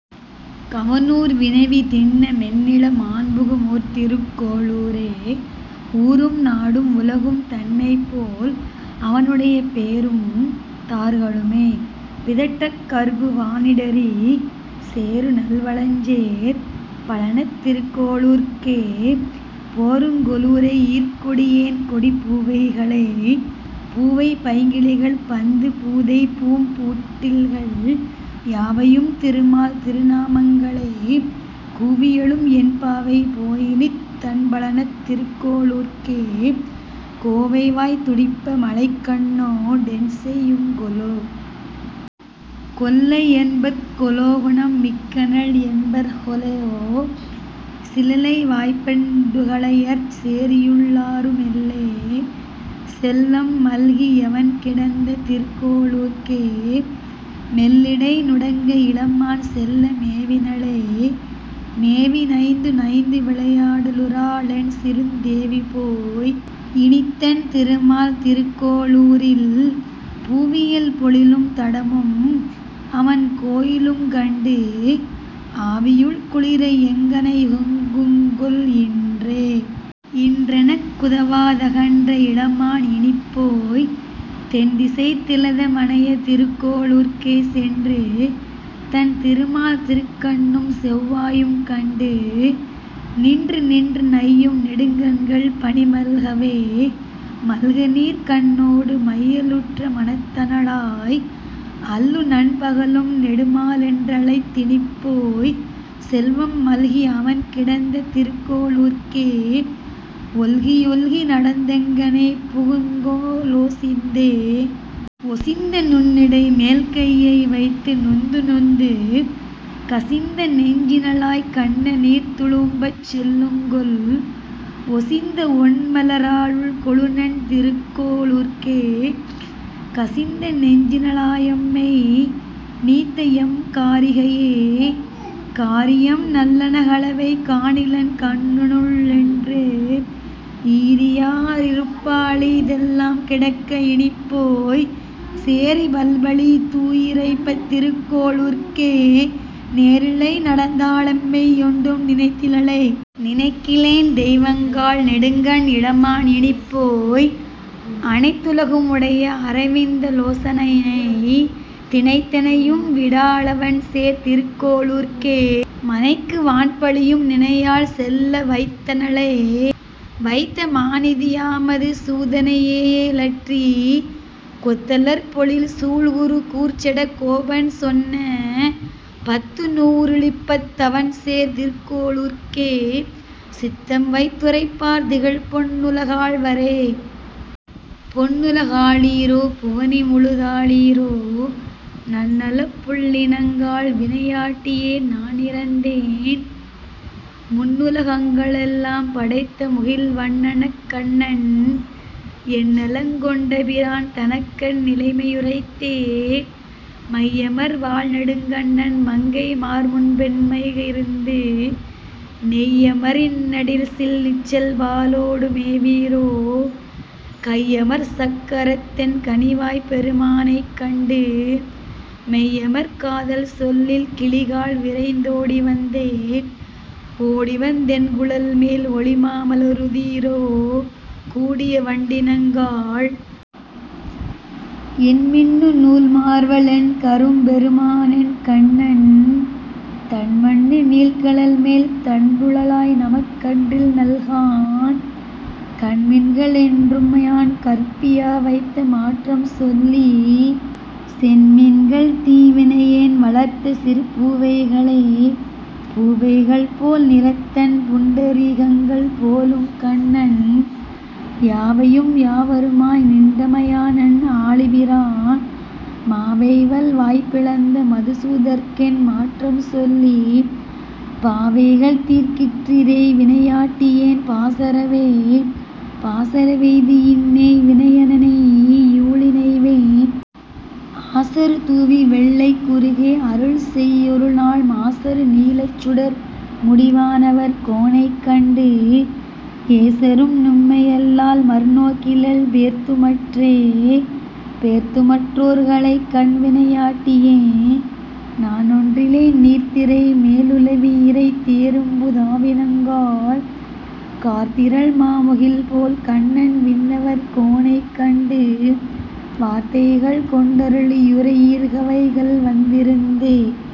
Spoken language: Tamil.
கவனூர் வினவி, திண்ண மென்னிள மான்புகு மூர்திருக் கோளூரே.. ஊரும் நாடும் உலகும் தன்னைப்போல், அவனுடைய பேரும் தார்களு மேபிதற்றக் கற்பு வானிடறி, சேருநல் வளஞ்சேர் பழனத் திருகோ ளூர்க்கே, போருங் கொலுரை யீர்க்கொடி யேன்கொடி பூவைகளே.. பூவை பைங்கிளிகள் பந்து தூதைபூம் புட்டில்கள், யாவையும் திருமால் திருநாமங் களேகூவி யெழும், என் பாவை போயினித் தண்பழனத் திருக்கோ ளூர்க்கே, கோவைவாய் துடிப்ப மழைக்கண்ணோ டென்செய் யுங்கொலோ?. கொல்லை யென்பர்கொ லோகுணம் மிக்கனள் என்பர்கொலோ, சிலலை வாய்ப்பெண் டுகளயற் சேரியுள் ளாருமெல்லே, செல்வம் மல்கி யவன்கிடந்த திருக்கோ ளூர்க்கே, மெல்லிடை நுடங்க இளமான் செல்ல மேவினளே.. மேவி நைந்து நைந்துவிளை யாடலுறா ளென்சிறுத் தேவிபோய், இனித்தன் திருமால் திருக்கோ ளூரில், பூவியல் பொழிலும் தடமும் அவன்கோ யிலுங்கண்டு, ஆவியுள் குளிர எங்ஙனே யுகக்குங்கொல் இன்றே?. இன்றெனக் குதவா தகன்ற இளமான் இனிப்போய், தென்திசைத் திலத மனைய திருக்கோ ளூர்க்கே சென்று, தன் திருமால் திருக்கண்ணும் செவ்வாயும் கண்டு, நின்று நின்று நையும் நெடுங்கண்கள் பனிமல்கவே.. மல்குநீர் கண்ணோடு மையலுற்ற மனத்தனளாய், அல்லுநன் பகலும் நெடுமாலென்றழைத் தினிப்போய், செல்வம் மல்கி அவன்கிடந்த திருக்கோ ளூர்க்கே, ஒல்கி யொல்கி நடந்தெங்ஙனே புகுங்கொ லோசிந்தே?. ஒசிந்த நுண்ணிடை மேல்கையை வைத்து நொந்துநொந்து, கசிந்த நெஞ்சின ளாய்க்கண்ண நீர்த்துளும்பச் செல்லுங்கொல், ஒசிந்த வொண்மல ராள்கொழுநன் திருக்கோ ளூர்க்கே, கசிந்த நெஞ்சின ளாயெம்மை நீத்தஎ ம் காரிகையே?. காரியம் நல்லன களவை காணிலென் கண்ணனுக்லேன்று, ஈரியா யிருப்பாளி தெல்லாம் கிடக்க இனிப்போய், சேரி பல்பழி தூயிரைப்பத் திருக்கோ ளூர்க்கே, நேரிழை நடந்தா ளெம்மை யொன்றும் நினைத்திலளே.. நினைக்கிலேன் தெய்வங்காள் நெடுங்கண் இளமான் இனிப்போய், அனைத்து லகுமு டைய அரவிந்த லோசனனை, தினைத்தனை யும்விடா ளவன்சேர் திருக்கோ ளூர்க்கே, மனைக்கு வான்பழியும் நினையாள் செல்ல வைத்தனளே. வைத்த மாநிதி யாம்மது சூதனை யேயலற்றி, கொத்த லர்பொழில் சூழ்குரு கூர்ச்சட கோபன்சொன்ன, பத்து நூறு ளிப்பத் தவன்சேர் திருக்கோளூர்க்கே, சித்தம் வைத்து ரைப்பார் திகழ்பொன் னுலகாள்வாரே. பொன்னுல காளீரோ? புவனிமுழு தாளீரோ?, நன்னலப் புள்ளினங்காள். வினையாட்டியேன்நானிரந்தேன், முன்னுல கங்களெல்லாம் படைத்தமுகில்வண்ணன்கண்ணன், என்னலங் கொண்டபிரான் தனக்கென் நிலைமையுரைத்தே?. மையமர் வாள்நெடுங்கண் மங்கைமார்முன்பென் கையிருந்து, நெய்யம ரின்னடிசில் நிச்சல்பாலோடு மேவீரோ, கையமர் சக்கரத்தென் கனிவாய்ப்பெரு மானைக்கண்டு மெய்யமர் காதல்சொல்லிக் கிளிகாள். விரைந் தோடிவந்தே?. ஓடிவந் தென்குழல்மேல் ஒளிமாமல ரூதீரோ, கூடிய வண்டினங்காள். என்மின்னு நூல்மார்வ னென்கரும்பெரு மானென்கண்ணன், தன்மன்னு நீள்கழல்மேல் தண்டுழாய்நமக் கன்றிநல்கான், கன்மின்க ளென்றும்மையான் கற்பியாவைத்த மாற்றம்சொல்லி, சென்மின்கள் தீவினையேன் வளர்த்தசிறு பூவைகளே.. பூவைகள் போல்நிறத்தன் புண்டரீகங்கள் போலும்கண்ணன், யாவையும் யாவருமாய் நின்றமாயனென் ஆழிபிரான், மாவைவல் வாய்பிளந்த மதுசூதற்கென் மாற்றம்சொல்லி, பாவைகள். தீர்க்கிற்றிரே வினையாட்டியேன் பாசறவே.. பாசற வெய்தியின்னே வினையேனெனை யூழிநைவேன்?, ஆசறு தூவிவெள்ளைக் குருகே. அருள் செய்யொருநாள், மாசறு நீலச்சுடர் முடிவானவர் கோனைக்கண்டு, ஏசறும் நும்மையல்லால் மறுநோக்கிலள் பேர்த்துமற்றே.. பேர்த்துமற் றோர்களைகண் வினையாட்டியேன் நானொன்றிலேன், நீர்த்திரை மேலுலவி யிரைதேரும்பு தாவினங்காள், கார்த்திரள் மாமுகில்போல் கண்ணன்விண்ணவர் கோனைக்கண்டு, வார்த்தைகள் கொண்டருளி யுரையீர்வைகல் வந்திருந்தே..